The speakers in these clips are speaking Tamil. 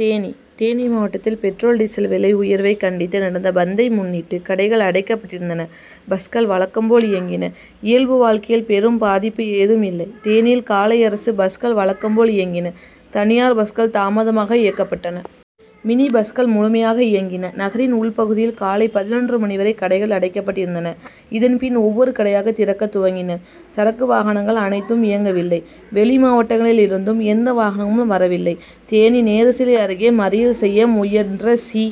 தேனி தேனி மாவட்டத்தில் பெட்ரோல், டீசல் விலை உயர்வை கண்டித்து நடந்த பந்தை முன்னிட்டு கடைகள் அடைக்கப்பட்டிருந்தன. பஸ்கள் வழக்கம் போல் இயங்கின. இயல்பு வாழ்க்கையில் பெரும் பாதிப்பு ஏதும் இல்லை. தேனியில் காலை அரசு பஸ்கள் வழக்கம் போல் இயங்கின. தனியார் பஸ்கள் தாமதமாக இயக்கப்பட்டன. மினி பஸ்கள் முழுமையாக இயங் கின. நகரின் உள் பகுதியில் காலை பதினொன்று மணி வரை கடைகள் அடைக்கப் பட்டிருந்தன. இதன் பின் ஒவ்வொரு கடையாக திறக்க துவங்கினர். சரக்கு வாகனங்கள் அனைத்தும் இயக்கவில்லை. வெளிமாவட்டங்களில் இருந்தும் எந்த வாகனங்களும் வரவில்லை. தேனி நேருசிலை அருகே மறியல் செய்ய முயன்ற சி.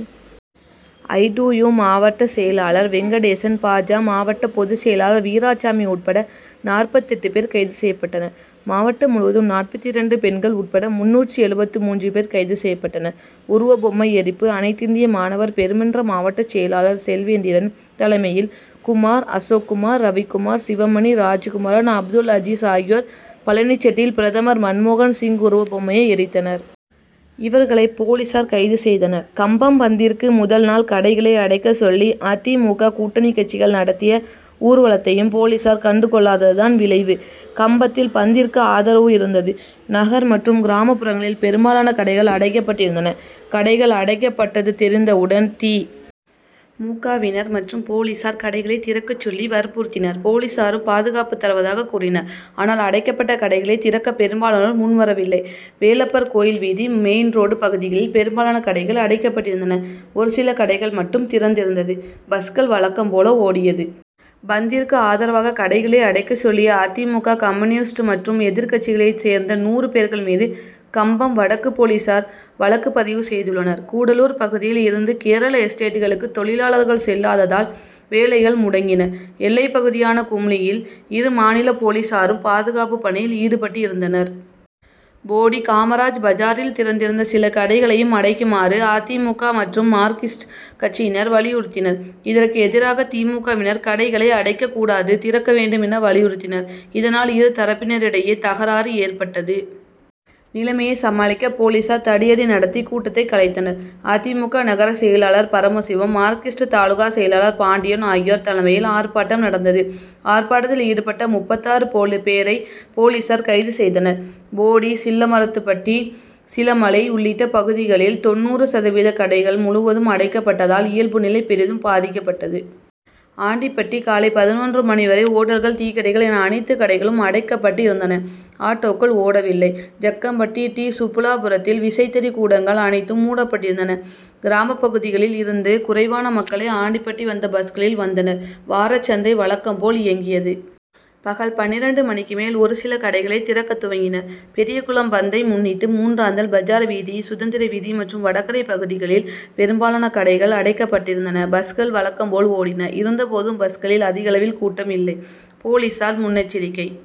ஐ. டி. யு., மாவட்ட செயலாளர் வெங்கடேசன், பா. ஜ., மாவட்ட பொதுச் செயலாளர் வீராச்சாமி உட்பட நாற்பத்தெட்டு பேர் கைது செய்யப்பட்டனர். மாவட்டம் முழுவதும் நாற்பத்திரண்டு பெண்கள் உட்பட முந்நூற்று எழுபத்து மூன்று பேர் கைது செய்யப்பட்டனர். உருவபொம்மை எரிப்பு அனைத் திந்திய மாணவர் பெருமன்ற மாவட்ட செயலாளர் செல்வேந்திரன் தலைமையில், குமார், அசோக்குமார், ரவிக்குமார், சிவமணி, ராஜ்குமரன், அப்துல்அஜீஸ் ஆகியோர் பழனிசெட்டியில் பிரதமர் மன்மோகன் சிங் உருவ பொம்மையை எரித்தனர். இவர்களை போலீசார் கைது செய்தனர். கம்பம் பந்திற்கு முதல் நாள் கடைகளை அடைக்க சொல்லி அ. தி. மு. க., கூட்டணிக்கட்சிகள் நடத்திய ஊர்வலத்தையும் போலீசார் கண்டுகொள்ளாததான் விளைவு, கம்பத்தில் பந்த்திற்கு ஆதரவு இருந்தது. நகர் மற்றும் கிராமப்புறங்களில் பெரும்பாலான கடைகள் அடைக்கப்பட்டிருந்தன. கடைகள் அடைக்கப்பட்டது தெரிந்தவுடன் தி. மு. க., வினர் மற்றும் போலீசார் கடைகளை திறக்கச் சொல்லி வற்புறுத்தினர். போலீசாரும் பாதுகாப்பு தருவதாக கூறினர். ஆனால் அடைக்கப்பட்ட கடைகளை திறக்க பெரும்பாலோனோர் முன்வரவில்லை. வேலப்பர் கோயில் வீதி, மெயின்ரோடு பகுதிகளில் பெரும்பாலான கடைகள் அடைக்கப்பட்டிருந்தன. ஒருசில கடைகள் மட்டும் திறந்திருந்தது. பஸ்கள் வழக்கம் போல ஓடியது. பந்திற்கு ஆதரவாக கடைகளை அடைக்கச் சொல்லிய அ. தி. மு. க., கம்யூனிஸ்ட் மற்றும் எதிர்கட்சிகளை சேர்ந்த நூறு பேர்கள் மீது கம்பம் வடக்கு போலீசார் வழக்கு பதிவு செய்துள்ளனர். கூடலூர் பகுதியில் இருந்து கேரள எஸ்டேட்டுகளுக்கு தொழிலாளர்கள் செல்லாததால் வேலைகள் முடங் கின. எல்லைப்பகுதியான குமுளியில் இரு மாநில போலீசாரும் பாதுகாப்பு பணியில் ஈடுபட்டிருந்தனர். போடி காமராஜ் பஜாரில் திறந்திருந்த சில கடைகளையும் அடைக்குமாறு அ. தி. மு. க., மற்றும் மார்க்சிஸ்ட் கட்டசியினர் வலியுறுத்தினர். இதற்கு எதிராக தி. மு. க., வினர் கடைகளை அடைக்க கூடாது, திறக்க வேண்டும் என வலியுறுத்தினர். இதனால் இரு தரப்பினரிடையே தகராறு ஏற்பட்டது. நிலைமையை சமாளிக்க போலீசார் தடியடி நடத்தி கூட்டத்தை கலைத்தனர். அ. தி. மு. க., நகர செயலாளர் பரமசிவம், மார்க்சிஸ்ட் தாலுகா செயலாளர் பாண்டியன் ஆகியோர் தலைமையில் ஆர்ப்பாட்டம் நடந்தது. ஆர்ப்பாட்டத்தில் ஈடுபட்ட முப்பத்தாறு பேரை போலீசார் கைது செய்தனர். போடி, சில்லமரத்துப்பட்டி, சிலமலை உள்ளிட்ட பகுதிகளில் தொண்ணூறு சதவீத கடைகள் முழுவதும் அடைக்கப் பட்டதால் இயல்பு நிலை பெரிதும் பாதிக்கப்பட்டது. ஆண்டிபட்டி காலை பதினொன்று மணி வரை ஓட்டல்கள், டீக்கடைகள் என அனைத்து கடைகளும் அடைக்கப் பட்டு இருந்தன. ஆட்டோக்கள் ஓடவில்லை. ஜக்கம்பட்டி டி. சுப்புலாபுரத்தில் விசைத்தறி கூடங்கள் அனைத்தும் மூடப்பட்டிருந்தன. கிராமப்பகுதிகளில் இருந்து குறைவான மக்களே ஆண்டிபட்டி வந்த பஸ்களில் வந்தனர். வாரச்சந்தை வழக்கம் போல் இயங்கியது. பகல் பன்னிரண்டு மணிக்கு மேல் ஒரு சில கடைகளை திறக்க துவங்கினர். பெரியகுளம் பந்த்தை முன்னிட்டு மூன்றாந்தல், பஜார்வீதி, சுதந்திரவீதி மற்றும் வடகரை பகுதிகளில் பெரும்பாலான கடைகள் அடைக்கப் பட்டிருந்தன. பஸ்கள் வழக்கம் போல் ஓடின. இருந்தபோதும் பஸ்களில் அதிகளவில் கூட்டம் இல்லை. போலீசார் முன்எச்சரிக்கை